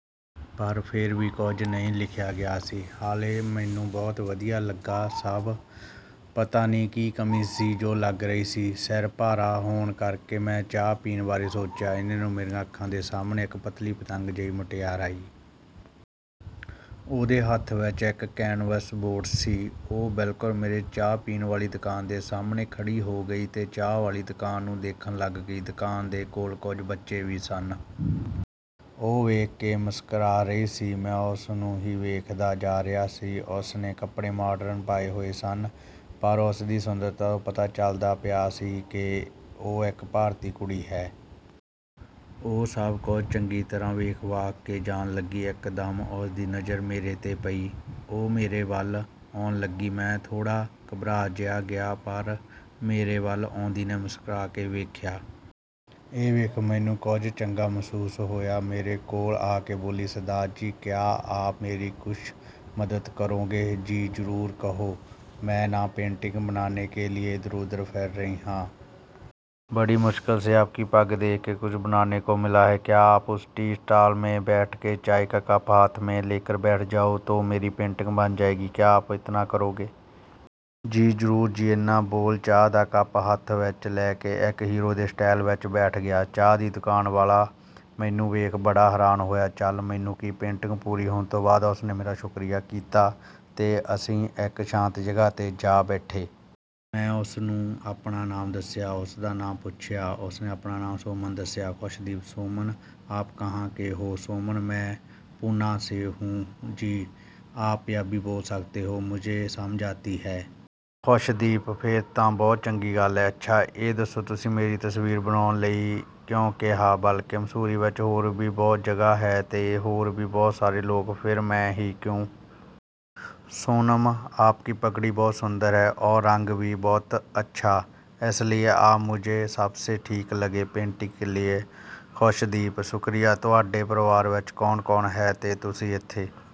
ਪਰ ਫਿਰ ਵੀ ਕੁਝ ਨਹੀਂ ਲਿਖਿਆ ਗਿਆ ਸੀ। ਹਾਲੇ ਮੈਨੂੰ ਬਹੁਤ ਵਧੀਆ ਲੱਗਾ ਸਭ, ਪਤਾ ਨਹੀਂ ਕੀ ਕਮੀ ਸੀ ਜੋ ਲੱਗ ਰਹੀ ਸੀ। ਸਿਰ ਭਾਰਾ ਹੋਣ ਕਰਕੇ ਮੈਂ ਚਾਹ ਪੀਣ ਬਾਰੇ ਸੋਚਿਆ। ਏਨੇ ਨੂੰ ਮੇਰੀਆਂ ਅੱਖਾਂ ਦੇ ਸਾਹਮਣੇ ਇੱਕ ਪਤਲੀ ਪਤੰਗ ਜਿਹੀ ਮੁਟਿਆਰ ਆਈ। ਉਸਦੇ ਹੱਥ ਵਿੱਚ ਇੱਕ ਕੈਨਵਸ ਬੋਰਡ ਸੀ। ਉਹ ਬਿਲਕੁਲ ਮੇਰੇ ਚਾਹ ਪੀਣ ਵਾਲੀ ਦੁਕਾਨ ਦੇ ਸਾਹਮਣੇ ਖੜ੍ਹੀ ਹੋ ਗਈ ਤੇ ਚਾਹ ਵਾਲੀ ਦੁਕਾਨ ਨੂੰ ਦੇਖਣ ਲੱਗ ਗਈ। ਦੁਕਾਨ ਦੇ ਕੋਲ ਕੁਝ ਬੱਚੇ ਵੀ ਸਨ। ਉਹ ਵੇਖ ਕੇ ਮੁਸਕਰਾ ਰਹੀ ਸੀ। ਮੈਂ ਉਸਨੂੰ ਹੀ ਵੇਖਦਾ ਜਾ ਰਿਹਾ ਸੀ। ਉਸਨੇ ਕੱਪੜੇ ਮਾਡਰਨ ਪਾਏ ਹੋਏ ਸਨ, ਪਰ ਉਸਦੀ ਸੁੰਦਰਤਾ ਤੋਂ ਪਤਾ ਚੱਲਦਾ ਪਿਆ ਸੀ ਕਿ ਉਹ ਇੱਕ ਭਾਰਤੀ ਕੁੜੀ ਹੈ। ਉਹ ਸਭ ਕੁਝ ਚੰਗੀ ਤਰ੍ਹਾਂ ਵੇਖ-ਵਾਖ ਕੇ ਜਾਣ ਲੱਗੀ। ਇੱਕਦਮ ਉਸਦੀ ਨਜ਼ਰ ਮੇਰੇ ਤੇ ਪਈ। ਉਹ ਮੇਰੇ ਵੱਲ ਆਉਣ ਲੱਗੀ। ਮੈਂ ਥੋੜ੍ਹਾ ਘਬਰਾ ਜਿਹਾ ਗਿਆ, ਪਰ ਮੇਰੇ ਵੱਲ ਆਉਂਦੀ ਨੇ ਮੁਸਕਰਾ ਕੇ ਵੇਖਿਆ। ਇਹ ਵੇਖ ਮੈਨੂੰ ਕੁਝ ਚੰਗਾ ਮਹਿਸੂਸ ਹੋਇਆ। ਮੇਰੇ ਕੋਲ ਆ ਕੇ ਬੋਲੀ, "ਸਰਦਾਰ ਜੀ, ਕਿਆ ਆਪ ਮੇਰੀ ਕੁਛ ਮਦਦ ਕਰੋਗੇ?" "ਜੀ, ਜ਼ਰੂਰ ਕਹੋ।" "ਮੈਂ ਨਾ ਪੇਂਟਿੰਗ ਬਣਾਨੇ ਕੇ ਲਈਏ ਇਧਰ-ਉਧਰ ਫਿਰ ਰਹੀ ਹਾਂ। ਬੜੀ ਮੁਸ਼ਕਿਲ ਸੇ ਆਪਕੀ ਪੱਗ ਦੇਖ ਕੁਛ ਬਨਾਨੇ ਕੋ ਮਿਲਾ ਹੈ। ਕਿਆ ਆਪ ਉਸ ਟੀ ਸਟਾਲ ਮੈਂ ਬੈਠ ਕੇ ਚਾਏ ਕਾ ਕੱਪ ਹੱਥ ਮੈਂ ਲੇਕਰ ਬੈਠ ਜਾਓ, ਤੋ ਮੇਰੀ ਪੇਂਟਿੰਗ ਬਣ ਜਾਏਗੀ? ਕਿਆ ਆਪ ਇਤਨਾ ਕਰੋਗੇ?" "ਜੀ, ਜ਼ਰੂਰ ਜੀ।" ਏਨਾ ਬੋਲ ਚਾਹ ਦਾ ਕੱਪ ਹੱਥ ਵਿੱਚ ਲੈ ਕੇ ਇੱਕ ਹੀਰੋ ਦੇ ਸਟਾਈਲ ਵਿੱਚ ਬੈਠ ਗਿਆ। ਚਾਹ ਦੀ ਦੁਕਾਨ ਵਾਲਾ ਮੈਨੂੰ ਵੇਖ ਬੜਾ ਹੈਰਾਨ ਹੋਇਆ। ਚੱਲ, ਮੈਨੂੰ ਕੀ? ਪੇਂਟਿੰਗ ਪੂਰੀ ਹੋਣ ਤੋਂ ਬਾਅਦ ਉਸਨੇ ਮੇਰਾ ਸ਼ੁਕਰੀਆ ਕੀਤਾ ਤੇ ਅਸੀਂ ਇੱਕ ਸ਼ਾਂਤ ਜਗ੍ਹਾ ਤੇ ਜਾ ਬੈਠੇ। ਮੈਂ ਉਸਨੂੰ ਆਪਣਾ ਨਾਮ ਦੱਸਿਆ, ਉਸਦਾ ਨਾਮ ਪੁੱਛਿਆ। ਉਸਨੇ ਆਪਣਾ ਨਾਮ ਸੋਮਨ ਦੱਸਿਆ। ਖੁਸ਼ਦੀਪ: "ਸੋਨਮ, ਆਪ ਕਹਾਂ ਕੇ ਹੋ?" ਸੋਮਨ: "ਮੈਂ ਪੂਨਾ ਸੇ ਹੁ ਜੀ। ਆਪ ਪੰਜਾਬੀ ਬੋਲ ਸਕਤੇ ਹੋ, ਮੁਝੇ ਸਮਝ ਆਤੀ ਹੈ।" ਖੁਸ਼ਦੀਪ: "ਫੇਰ ਤਾਂ ਬਹੁਤ ਚੰਗੀ ਗੱਲ ਹੈ। ਅੱਛਾ, ਇਹ ਦੱਸੋ, ਤੁਸੀਂ ਮੇਰੀ ਹੀ ਤਸਵੀਰ ਬਣਾਉਣ ਲਈ ਕਿਉਂ ਕਿਹਾ? ਬਲਕਿ ਮਸੂਰੀ ਵਿੱਚ ਹੋਰ ਵੀ ਬਹੁਤ ਜਗ੍ਹਾ ਹੈ ਤੇ ਹੋਰ ਵੀ ਬਹੁਤ ਸਾਰੇ ਲੋਕ। ਫੇਰ ਮੈਂ ਹੀ ਕਿਉਂ?" ਸੋਨਮ: "ਆਪਕੀ ਪਗੜੀ ਬਹੁਤ ਸੁੰਦਰ ਹੈ, ਔਰ ਰੰਗ ਵੀ ਬਹੁਤ ਅੱਛਾ। ਇਸ ਲਈ ਆਪ ਮੁਝੇ ਸਭਸੇ ਠੀਕ ਲਗੇ ਪੇਂਟਿੰਗ ਕੇ ਲਈਏ।" ਖੁਸ਼ਦੀਪ: "ਸ਼ੁਕਰੀਆ। ਤੁਹਾਡੇ ਪਰਿਵਾਰ ਵਿੱਚ ਕੌਣ-ਕੌਣ ਹੈ ਤੇ ਤੁਸੀਂ ਏਥੇ...